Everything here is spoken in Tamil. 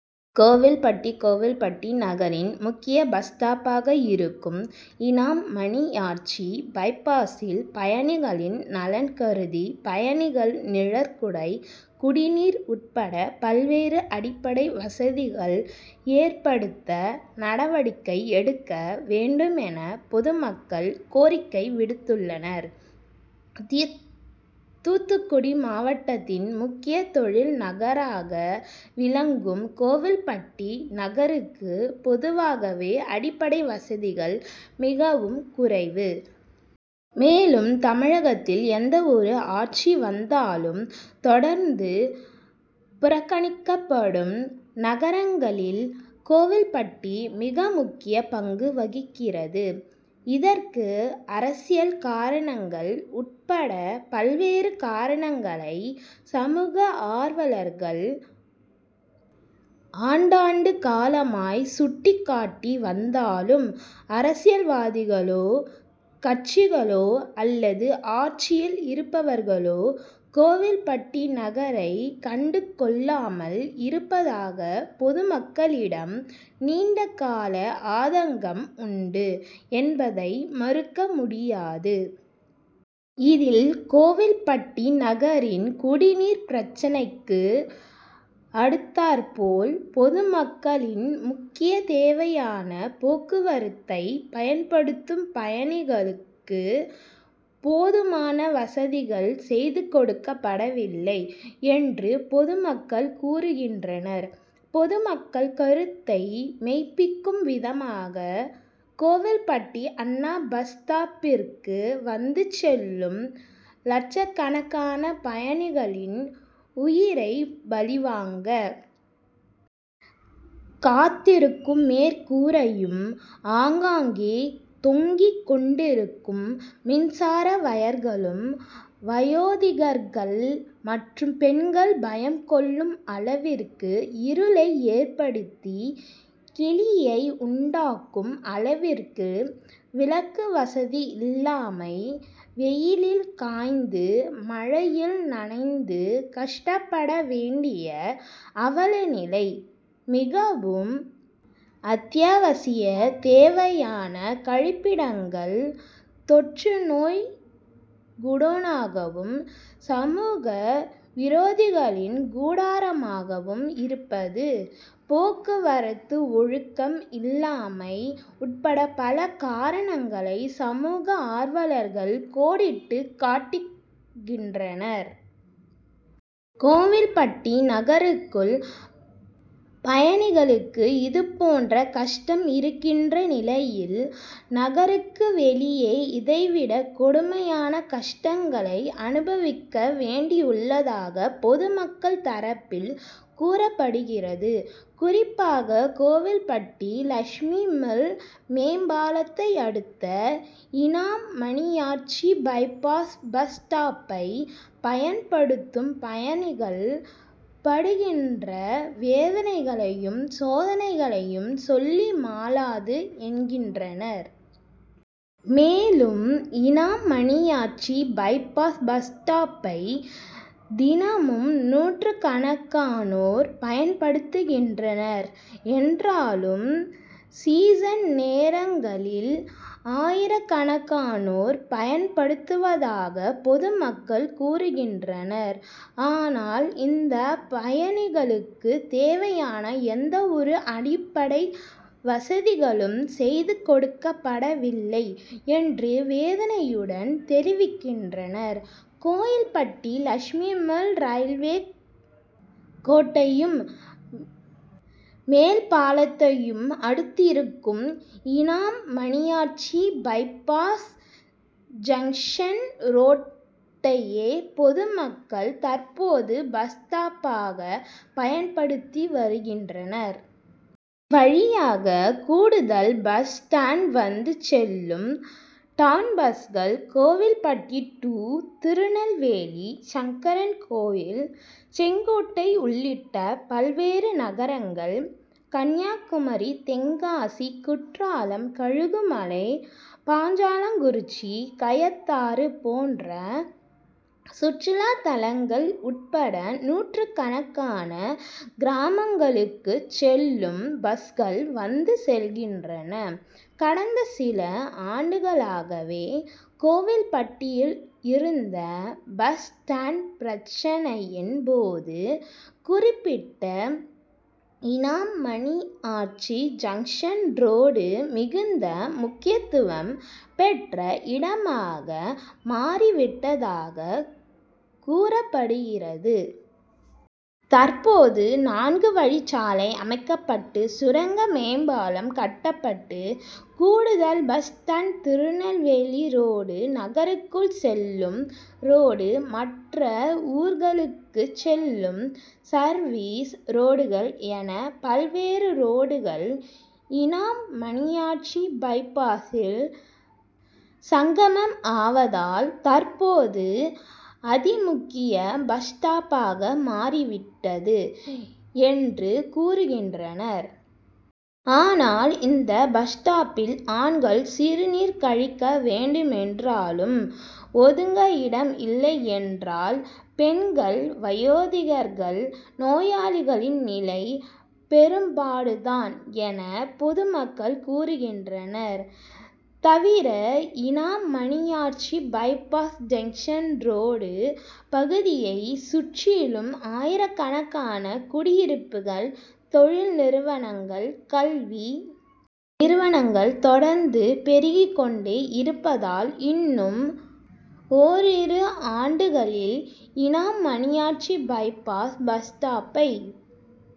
கோவில்பட்டி கோவில்பட்டி நகரின் முக்கிய பஸ் ஸ்டாப்பாக இருக்கும் இனாம் மணியாச்சி பைபாசில் பயணிகளின் நலன்கருதி பயணிகள் நிழற்குடை, குடிநீர் உட்பட பல்வேறு அடிப்படை வசதிகள் ஏற்படுத்த நடவடிக்கை எடுக்க வேண்டுமென பொதுமக்கள் கோரிக்கை விடுத்துள்ளனர். தூத்துக்குடி மாவட்டத்தின் முக்கிய தொழில் நகராக விளங்கும் கோவில்பட்டி நகருக்கு பொதுவாகவே அடிப்படை வசதிகள் மிகவும் குறைவு. மேலும் தமிழகத்தில் எந்தவொரு ஆட்சி வந்தாலும் தொடர்ந்து புறக்கணிக்கப்படும் நகரங்களில் கோவில்பட்டி மிக முக்கிய பங்கு வகிக்கிறது. இதற்கு அரசியல் காரணங்கள் உட் பட பல்வேறு காரணங்களை சமூக ஆர்வலர்கள் ஆண்டாண்டு காலமாய் சுட்டிக்காட்டி வந்தாலும் அரசியல்வாதிகளோ, கட்சிகளோ அல்லது ஆட்சியில் இருப்பவர்களோ கோவில்பட்டி நகரை கண்டுகொள்ளாமல் இருப்பதாக பொதுமக்களிடம் நீண்டகால ஆதங்கம் உண்டு என்பதை மறுக்க முடியாது. இதில் கோவில்பட்டி நகரின் குடிநீர் பிரச்னைக்கு அடுத்தாற்போல், பொதுமக்களின் முக்கிய தேவையான போக்குவரத்தை பயன்படுத்தும் பயணிகளுக்கு போதுமான வசதிகள் செய்து கொடுக்கப்படவில்லை என்று பொதுமக்கள் கூறுகின்றனர். பொதுமக்கள் கருத்தை மெய்பிக்கும் விதமாக கோவில்பட்டி அண்ணா பஸ் ஸ்டாண்டிற்கு வந்து செல்லும் லட்சக்கணக்கான பயணிகளின் உயிரை பலிவாங்க காத்திருக்கும் மேற்கூரையும், ஆங்காங்கே தொங்கிக் கொண்டிருக்கும் மின்சார வயர்களும், வயோதிகர்கள் மற்றும் பெண்கள் பயம் கொள்ளும் அளவிற்கு இருளை ஏற்படுத்தி கிலியை உண்டாக்கும் அளவிற்கு விளக்குவசதி இல்லாமை, வெயிலில் காய்ந்து, மழையில் நனைந்து கஷ்டப்பட வேண்டிய அவலநிலை, மிகவும் அத்தியாவசிய தேவையான கழிப்பிடங்கள் தொற்றுநோய் குடோனாகவும், சமூக விரோதிகளின் கூடாரமாகவும் இருப்பது, போக்குவரத்து ஒழுக்கம் இல்லாமை உட்பட பல காரணங்களை சமூக ஆர்வலர்கள் கோடிட்டு காட்டுகின்றனர். கோவில்பட்டி நகருக்குள் பயணிகளுக்கு இதுபோன்ற கஷ்டம் இருக்கிற நிலையில், நகருக்கு வெளியே இதைவிட கொடுமையான கஷ்டங்களை அனுபவிக்க வேண்டியுள்ளதாக பொதுமக்கள் தரப்பில் கூறப்படுகிறது. குறிப்பாக கோவில்பட்டி லட்சுமி மில் மேம்பாலத்தை அடுத்த இனாம் மணியாச்சி பைபாஸ் பஸ் ஸ்டாப்பை பயன்படுத்தும் பயணிகள் படுகின்ற வேதனைகளையும் சோதனைகளையும் சொல்லி மாளாது என்கின்றனர். மேலும் இனாம் மணியாச்சி பைபாஸ் பஸ் ஸ்டாப்பை தினமும் நூற்றுக்கணக்கானோர் பயன்படுத்துகின்றனர் என்றால், சீசன் நேரங்களில் ஆயிரக்கணக்கானோர் பயன்படுத்துவதாக பொதுமக்கள் கூறுகின்றனர். ஆனால் இந்த பயணிகளுக்கு தேவையான எந்தவொரு அடிப்படை வசதிகளும் செய்து கொடுக்கப்பட வில்லை என்று வேதனையுடன் தெரிவிக்கின்றனர். கோவில்பட்டி லட்சுமி மில் ரயில்வே கேட்டையும், மேல்பாலத்தையும் அடுத்திருக்கும் இனாம் மணியாச்சி பைபாஸ் ஜங்ஷன் ரோட்டையே பொதுமக்கள் தற்போது பஸ் ஸ்டாப்பாக பயன்படுத்தி வருகின்றனர். இவ்வழியாக கூடுதல் பஸ் ஸ்டாண்ட் வந்து செல்லும் டவுண்பஸ்கள், கோவில்பட்டி டூ திருநெல்வேலி, சங்கரன்கோவில், செங்கோட்டை உள்ளிட்ட பல்வேறு நகரங்கள், கன்னியாகுமரி, தென்காசி, குற்றாலம், கழுகுமலை, பாஞ்சாலங்குறிச்சி, கயத்தாறு போன்ற சுற்றுலாத்தலங்கள் உட்பட நூற்றுக்கணக்கான கிராமங்களுக்கு செல்லும் பஸ்கள் வந்து செல்கின்றன. கடந்த சில ஆண்டுகளாகவே கோவில்பட்டியில் இருந்த பஸ் ஸ்டாண்ட் பிரச்னையின் போது குறிப்பிட்ட இனாம் மணியாச்சி ஜங்ஷன் ரோடு மிகுந்த முக்கியத்துவம் பெற்ற இடமாக மாறிவிட்டதாக கூறப்படுகிறது. தற்போது நான்கு வழிச்சாலை அமைக்கப்பட்டு, சுரங்க மேம்பாலம் கட்டப்பட்டு கூடுதல் பஸ் ஸ்டாண்ட், திருநெல்வேலி ரோடு, நகருக்குள் செல்லும் ரோடு, மற்ற ஊர்களுக்கு செல்லும் சர்வீஸ் ரோடுகள் என பல்வேறு ரோடுகள் இனாம் மணியாச்சி பைபாசில் சங்கமம் ஆவதால் தற்போது அதிமுக்கிய பஸ் ஸ்டாப்பாக மாறிவிட்டது என்று கூறுகின்றனர். ஆனால் இந்த பஸ் ஸ்டாப்பில் ஆண்கள் சிறுநீர் கழிக்க வேண்டுமென்றாலும் ஒதுங்க இடம் இல்லையென்றால், பெண்கள், வயோதிகர்கள், நோயாளிகளின் நிலை பெரும்பாடு தான் என பொதுமக்கள் கூறுகின்றனர். தவிர Inam Maniyachi bypass junction road பகுதியை சுற்றிலும் ஆயிரக்கணக்கான குடியிருப்புகள், தொழில் நிறுவனங்கள், கல்வி நிறுவனங்கள் தொடர்ந்து பெருகிக் கொண்டே இருப்பதால் இன்னும் ஓரிரு ஆண்டுகளில் இனாம் மணியாச்சி பைபாஸ் பஸ் ஸ்டாப்பை